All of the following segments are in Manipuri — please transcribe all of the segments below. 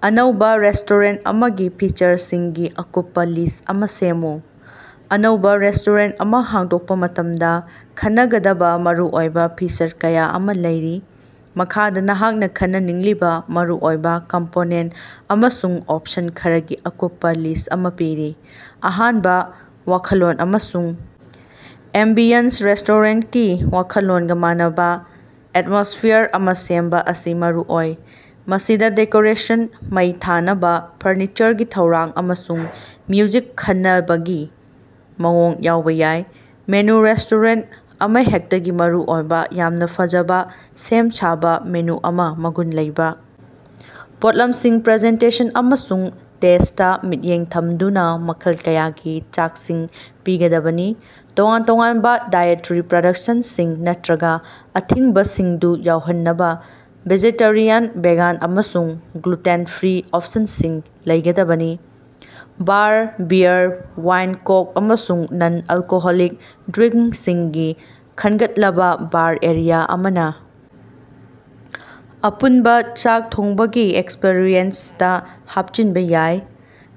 ꯑꯅꯧꯕꯥ ꯔꯦꯁꯇꯣꯔꯦꯟ ꯑꯃꯒꯤ ꯐꯤꯆꯔꯁꯤꯡꯒꯤ ꯑꯀꯨꯞꯄꯥ ꯂꯤꯁ ꯑꯃ ꯁꯦꯝꯃꯨ꯫ ꯑꯅꯧꯕꯥ ꯔꯦꯁꯇꯣꯔꯦꯟ ꯑꯃ ꯍꯥꯡꯗꯣꯛꯄ ꯃꯇꯝꯗ ꯈꯟꯅꯒꯗꯕꯥ ꯃꯔꯨꯑꯣꯏꯕ ꯐꯤꯆꯔ ꯀꯌꯥ ꯑꯃ ꯂꯩꯔꯤ꯫ ꯃꯈꯥꯗ ꯅꯍꯥꯛꯅ ꯈꯟꯅꯅꯤꯡꯂꯤꯕꯥ ꯃꯔꯨꯑꯣꯏꯕ ꯀꯝꯄꯣꯅꯦꯟ ꯑꯃꯁꯨꯡ ꯑꯣꯞꯁꯟ ꯈꯔꯒꯤ ꯑꯀꯨꯞꯄꯥ ꯂꯤꯁ ꯑꯃ ꯄꯤꯔꯤ: ꯑꯍꯥꯟꯕ:ꯋꯥꯈꯜꯂꯣꯟ ꯑꯃꯁꯨꯡ ꯑꯦꯝꯕꯤꯌꯟꯁ: ꯔꯦꯁꯇꯣꯔꯦꯟꯀꯤ ꯋꯥꯈꯜꯂꯣꯟꯒ ꯃꯥꯟꯅꯕ ꯑꯦꯠꯃꯣꯁꯐꯤꯌꯥꯔ ꯑꯃ ꯁꯦꯝꯕ ꯑꯁꯤ ꯃꯔꯨꯑꯣꯏ꯫ ꯃꯁꯤꯗ ꯗꯦꯀꯣꯔꯦꯁꯟ, ꯃꯩ ꯊꯥꯟꯅꯕ, ꯐꯔꯅꯤꯆꯔꯒꯤ ꯊꯧꯔꯥꯡ ꯑꯃꯁꯨꯡ ꯃ꯭ꯌꯨꯖꯤꯛ ꯈꯟꯅꯕꯒꯤ ꯃꯑꯣꯡ ꯌꯥꯎꯕ ꯌꯥꯏ꯫ ꯃꯦꯅꯨ: ꯔꯦꯁꯇꯣꯔꯦꯟ ꯑꯃꯍꯦꯛꯇꯒꯤ ꯃꯔꯨꯑꯣꯏꯕ, ꯌꯥꯝꯅ ꯐꯖꯅ ꯁꯦꯝ ꯁꯥꯕ ꯃꯦꯅꯨ ꯑꯃꯅ ꯃꯒꯨꯟ ꯂꯩꯕ ꯄꯣꯠꯂꯝꯁꯤꯡ, ꯄ꯭ꯔꯖꯦꯟꯇꯦꯁꯟ ꯑꯃꯁꯨꯡ ꯇꯦꯁꯇꯥ ꯃꯤꯠꯌꯦꯡ ꯊꯝꯗꯨꯅꯥ ꯃꯈꯜ ꯀꯌꯥꯒꯤ ꯆꯥꯛꯁꯤꯡ ꯄꯤꯒꯗꯕꯅꯤ꯫ ꯇꯣꯉꯥꯟ-ꯇꯣꯉꯥꯟꯕ ꯗꯥꯏꯑꯦꯇꯔꯤ ꯄꯔꯗꯛꯁꯟꯁꯤꯡ ꯅꯠꯇ꯭ꯔꯒꯥ ꯑꯊꯤꯡꯕꯁꯤꯡꯗꯨ ꯌꯥꯎꯍꯟꯅꯕꯥ ꯚꯦꯖꯤꯇꯦꯔꯤꯌꯥꯟ, ꯚꯦꯒꯥꯟ ꯑꯃꯁꯨꯡ ꯒ꯭ꯂꯨꯇꯦꯟ-ꯐ꯭ꯔꯤ ꯑꯣꯞꯁꯟꯁꯤꯡ ꯂꯩꯒꯗꯕꯅꯤ꯫ ꯕꯥꯔ: ꯕꯤꯌꯔ, ꯋꯥꯏꯟ, ꯀꯣꯛ ꯑꯃꯁꯨꯡ ꯅꯟ-ꯑꯜꯀꯣꯍꯣꯂꯤꯛ ꯗ꯭ꯔꯤꯡꯁꯤꯡꯒꯤ ꯈꯟꯒꯠꯂꯕꯥ ꯕꯥꯔ ꯑꯦꯔꯤꯌꯥ ꯑꯃꯅ ꯑꯄꯨꯟꯕ ꯆꯥꯛ ꯊꯣꯡꯕꯒꯤ ꯑꯦꯛꯁꯄꯔꯤꯌꯦꯟꯁꯇ ꯍꯥꯞꯆꯤꯟꯕ ꯌꯥꯏ꯫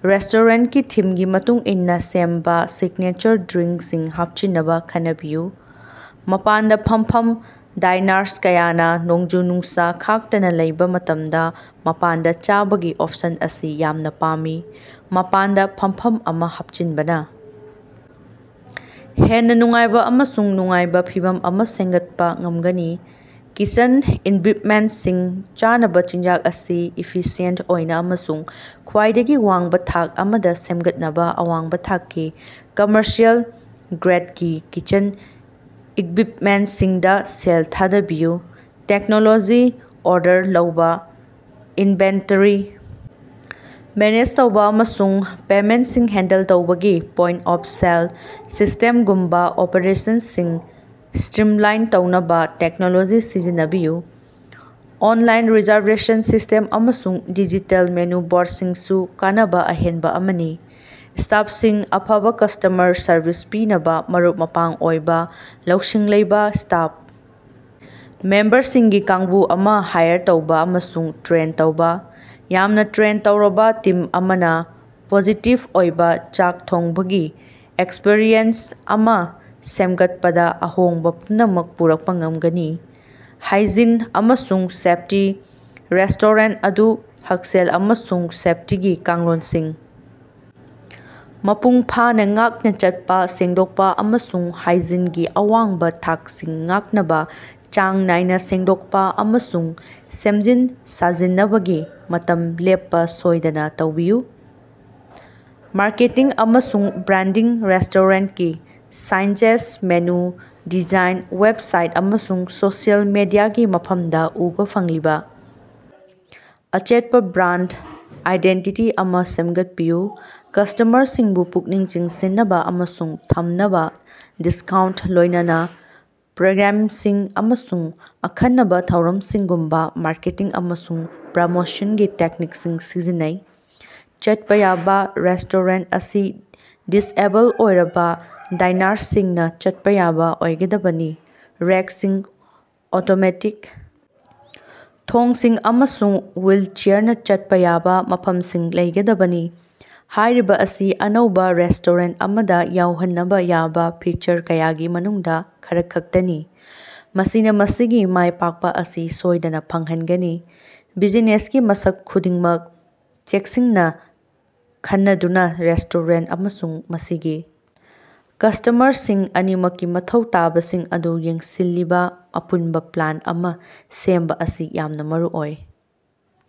ꯔꯦꯁꯇꯣꯔꯦꯟꯀꯤ ꯊꯤꯝꯒꯤ ꯃꯇꯨꯡ ꯏꯟꯅ ꯁꯦꯝꯕ ꯁꯤꯒꯅꯦꯆꯔ ꯗ꯭ꯔꯤꯡꯁꯤꯡ ꯍꯥꯞꯆꯤꯟꯅꯕ ꯈꯟꯅꯕꯤꯌꯨ꯫ ꯃꯄꯥꯟꯗ ꯐꯝꯐꯝ: ꯗꯥꯏꯅꯔꯁ ꯀꯌꯥꯅ ꯅꯣꯡꯖꯨ-ꯅꯨꯡꯁꯥ ꯈꯥꯛꯇꯅ ꯂꯩꯕ ꯃꯇꯝꯗ ꯃꯄꯥꯟꯗ ꯆꯥꯕꯒꯤ ꯑꯣꯞꯁꯟ ꯑꯁꯤ ꯌꯥꯝꯅ ꯄꯥꯝꯃꯤ꯫ ꯃꯄꯥꯟꯗ ꯐꯝꯐꯝ ꯑꯃ ꯍꯥꯞꯆꯤꯟꯕꯅ ꯍꯦꯟꯅ ꯅꯨꯡꯉꯥꯏꯕ ꯑꯃꯁꯨꯡ ꯅꯨꯡꯉꯥꯏꯕ ꯐꯤꯚꯝ ꯑꯃ ꯁꯦꯝꯒꯠꯄ ꯉꯝꯒꯅꯤ꯫ ꯀꯤꯆꯟ ꯏꯛꯕꯤꯞꯃꯦꯟꯁꯤꯡ: ꯆꯥꯅꯕ ꯆꯤꯟꯖꯥꯛ ꯑꯁꯤ ꯏꯐꯤꯁꯤꯌꯦꯟ ꯑꯣꯏꯅ ꯑꯃꯁꯨꯡ ꯈ꯭ꯋꯥꯏꯗꯒꯤ ꯋꯥꯡꯕ ꯊꯥꯛ ꯑꯃꯗ ꯁꯦꯝꯒꯠꯅꯕ ꯑꯋꯥꯡꯕ ꯊꯥꯛꯀꯤ, ꯀꯝꯃꯔꯁꯤꯑꯦꯜ ꯒ꯭ꯔꯦꯠꯀꯤ ꯀꯤꯆꯟ ꯏꯛꯕꯤꯞꯃꯦꯟꯁꯤꯡꯗ ꯁꯦꯜ ꯊꯥꯗꯕꯤꯌꯨ꯫ ꯇꯦꯛꯅꯣꯂꯣꯖꯤ: ꯑꯣꯔꯗꯔ ꯂꯧꯕꯥ, ꯏꯟꯚꯦꯟꯇꯔꯤ ꯃꯦꯅꯦꯖ ꯇꯧꯕ ꯑꯃꯁꯨꯡ ꯄꯦꯃꯦꯟꯁꯤꯡ ꯍꯦꯟꯗꯜ ꯇꯧꯕꯒꯤ ꯄꯣꯏꯟ-ꯑꯣꯐ-ꯁꯦꯜ ꯁꯤꯁꯇꯦꯝꯒꯨꯝꯕꯥ ꯑꯣꯄꯔꯦꯁꯟꯁꯤꯡ ꯁ꯭ꯇꯔꯤꯝꯂꯥꯏꯟ ꯇꯧꯅꯕ ꯇꯦꯛꯅꯣꯂꯣꯖꯤ ꯁꯤꯖꯤꯟꯅꯕꯤꯌꯨ꯫ ꯑꯣꯟꯂꯥꯏꯟ ꯔꯤꯖꯔꯕꯦꯁꯟ ꯁꯤꯁꯇꯦꯝ ꯑꯃꯁꯨꯡ ꯗꯤꯖꯤꯇꯦꯜ ꯃꯦꯅꯨ ꯕꯣꯔꯠꯁꯤꯡꯁꯨ ꯀꯥꯟꯅꯕ ꯑꯍꯦꯟꯕ ꯑꯃꯅꯤ꯫ ꯁ꯭ꯇꯥꯐꯁꯤꯡ: ꯑꯐꯕ ꯀꯁꯇꯃꯔ ꯁꯔꯕꯤꯁ ꯄꯤꯅꯕ ꯃꯔꯨꯞ-ꯃꯄꯥꯡ ꯑꯣꯏꯕ, ꯂꯧꯁꯤꯡ ꯂꯩꯕꯥ ꯁ꯭ꯇꯥꯐ ꯃꯦꯝꯕꯔꯁꯤꯡꯒꯤ ꯀꯥꯡꯕꯨ ꯑꯃ ꯍꯥꯏꯌꯔ ꯇꯧꯕ ꯑꯃꯁꯨꯡ ꯇ꯭ꯔꯦꯟ ꯇꯧꯕ꯫ ꯌꯥꯝꯅ ꯇ꯭ꯔꯦꯟ ꯇꯧꯔꯕ ꯇꯤꯝ ꯑꯃꯅ ꯄꯣꯖꯤꯇꯤꯕ ꯑꯣꯏꯕ ꯆꯥꯛ ꯊꯣꯡꯕꯒꯤ ꯑꯦꯛꯁꯄꯔꯤꯌꯦꯟꯁ ꯑꯃ ꯁꯦꯝꯒꯠꯄꯗ ꯑꯍꯣꯡꯕ ꯄꯨꯝꯅꯃꯛ ꯄꯨꯔꯛꯄ ꯉꯝꯒꯅꯤ꯫ ꯍꯥꯏꯖꯤꯟ ꯑꯃꯁꯨꯡ ꯁꯦꯐꯇꯤ: ꯔꯦꯁꯇꯣꯔꯦꯟ ꯑꯗꯨ ꯍꯛꯁꯦꯜ ꯑꯃꯁꯨꯡ ꯁꯦꯐꯇꯤꯒꯤ ꯀꯥꯡꯂꯣꯟꯁꯤꯡ ꯃꯄꯨꯡ ꯐꯥꯅ ꯉꯥꯛꯅ ꯆꯠꯄ, ꯁꯦꯡꯗꯣꯛꯄ ꯑꯃꯁꯨꯡ ꯍꯥꯏꯖꯤꯟꯒꯤ ꯑꯋꯥꯡꯕ ꯊꯥꯛꯁꯤꯡ ꯉꯥꯛꯅꯕ ꯆꯥꯡ ꯅꯥꯏꯅ ꯁꯦꯡꯗꯣꯛꯄ ꯑꯃꯁꯨꯡ ꯁꯦꯝꯖꯤꯟ-ꯁꯥꯖꯤꯟꯅꯕꯒꯤ ꯃꯇꯝ ꯂꯦꯞꯄꯥ ꯁꯣꯏꯗꯅ ꯇꯧꯕꯤꯌꯨ꯫ ꯃꯥꯔꯀꯦꯇꯤꯡ ꯑꯃꯁꯨꯡ ꯕ꯭ꯔꯥꯟꯗꯤꯡ: ꯔꯦꯁꯇꯣꯔꯦꯟꯀꯤ ꯁꯥꯏꯟꯁꯦꯖ, ꯃꯦꯅꯨ ꯗꯤꯖꯥꯏꯟ, ꯋꯦꯕꯁꯥꯏꯠ, ꯑꯃꯁꯨꯡ ꯁꯣꯁꯤꯑꯦꯜ ꯃꯦꯗꯤꯌꯥꯒꯤ ꯃꯐꯝꯗ ꯎꯕ ꯐꯪꯂꯤꯕ ꯑꯆꯦꯠꯄ ꯕ꯭ꯔꯥꯟ ꯑꯥꯏꯗꯦꯟꯇꯤꯇꯤ ꯑꯃ ꯁꯦꯝꯒꯠꯄꯤꯌꯨ꯫ ꯀꯁꯇꯃꯔꯁꯤꯡꯕꯨ ꯄꯨꯛꯅꯤꯡ ꯆꯤꯡꯁꯤꯟꯅꯕ ꯑꯃꯁꯨꯡ ꯊꯝꯅꯕꯥ ꯗꯤꯁꯀꯥꯎꯟ ꯂꯣꯏꯅꯅꯥ ꯄ꯭ꯔꯣꯒ꯭ꯔꯥꯝꯁꯤꯡ, ꯑꯃꯁꯨꯡ ꯑꯈꯟꯅꯕꯥ ꯊꯧꯔꯝꯁꯤꯡꯒꯨꯝꯕ ꯃꯥꯔꯀꯦꯇꯤꯡ ꯑꯃꯁꯨꯡ ꯄ꯭ꯔꯃꯣꯁꯟꯒꯤ ꯇꯦꯛꯅꯤꯛꯁꯤꯡ ꯁꯤꯖꯤꯟꯅꯩ꯫ ꯆꯠꯄ ꯌꯥꯕ: ꯔꯦꯁꯇꯣꯔꯦꯟ ꯑꯁꯤ ꯗꯤꯁꯑꯦꯕꯜ ꯑꯣꯏꯔꯕ ꯗꯥꯏꯅꯥꯔꯁꯤꯡꯅ ꯆꯠꯄ ꯌꯥꯕ ꯑꯣꯏꯒꯗꯕꯅꯤ, ꯔꯦꯛꯁꯤꯡ, ꯑꯣꯇꯣꯃꯦꯇꯤꯛ ꯊꯣꯡꯁꯤꯡ ꯑꯃꯁꯨꯡ ꯋꯤꯜꯆꯦꯌꯥꯔꯅꯥ ꯆꯠꯄꯥ ꯌꯥꯕ ꯐꯝꯐꯝꯁꯤꯡ ꯂꯩꯒꯗꯕꯅꯤ꯫ ꯍꯥꯏꯔꯤꯕ ꯑꯁꯤ ꯑꯅꯧꯕ ꯔꯦꯁꯇꯨꯔꯦꯟ ꯑꯃꯗ ꯌꯥꯎꯍꯟꯅꯕ ꯌꯥꯕ ꯐꯤꯆꯔ ꯀꯌꯥꯒꯤ ꯃꯅꯨꯡꯗꯥ ꯈꯔꯈꯛꯇꯅꯤ, ꯃꯁꯤꯅ ꯃꯁꯤꯒꯤ ꯃꯥꯢ ꯄꯥꯛꯄ ꯑꯁꯤ ꯁꯣꯏꯗꯅꯥ ꯐꯪꯍꯟꯒꯅꯤ꯫ ꯕꯤꯖꯤꯅꯦꯁꯀꯤ ꯃꯁꯛ ꯈꯨꯗꯤꯡꯃꯛ ꯆꯦꯛꯁꯤꯟꯅ ꯈꯟꯅꯗꯨꯅꯥ ꯔꯦꯁꯇꯨꯔꯦꯟ ꯑꯃꯁꯨꯡ ꯃꯁꯤꯒꯤ ꯀꯁꯇꯃꯔꯁꯤꯡ ꯑꯅꯤꯃꯛꯀꯤ ꯃꯊꯧ ꯇꯥꯕꯁꯤꯡ ꯑꯗꯨ ꯌꯦꯡꯁꯤꯜꯂꯤꯕ ꯑꯄꯨꯟꯕ ꯄ꯭ꯂꯥꯟ ꯑꯃ ꯁꯦꯝꯕꯥ ꯑꯁꯤ ꯌꯥꯝꯅ ꯃꯔꯨꯑꯣꯏ꯫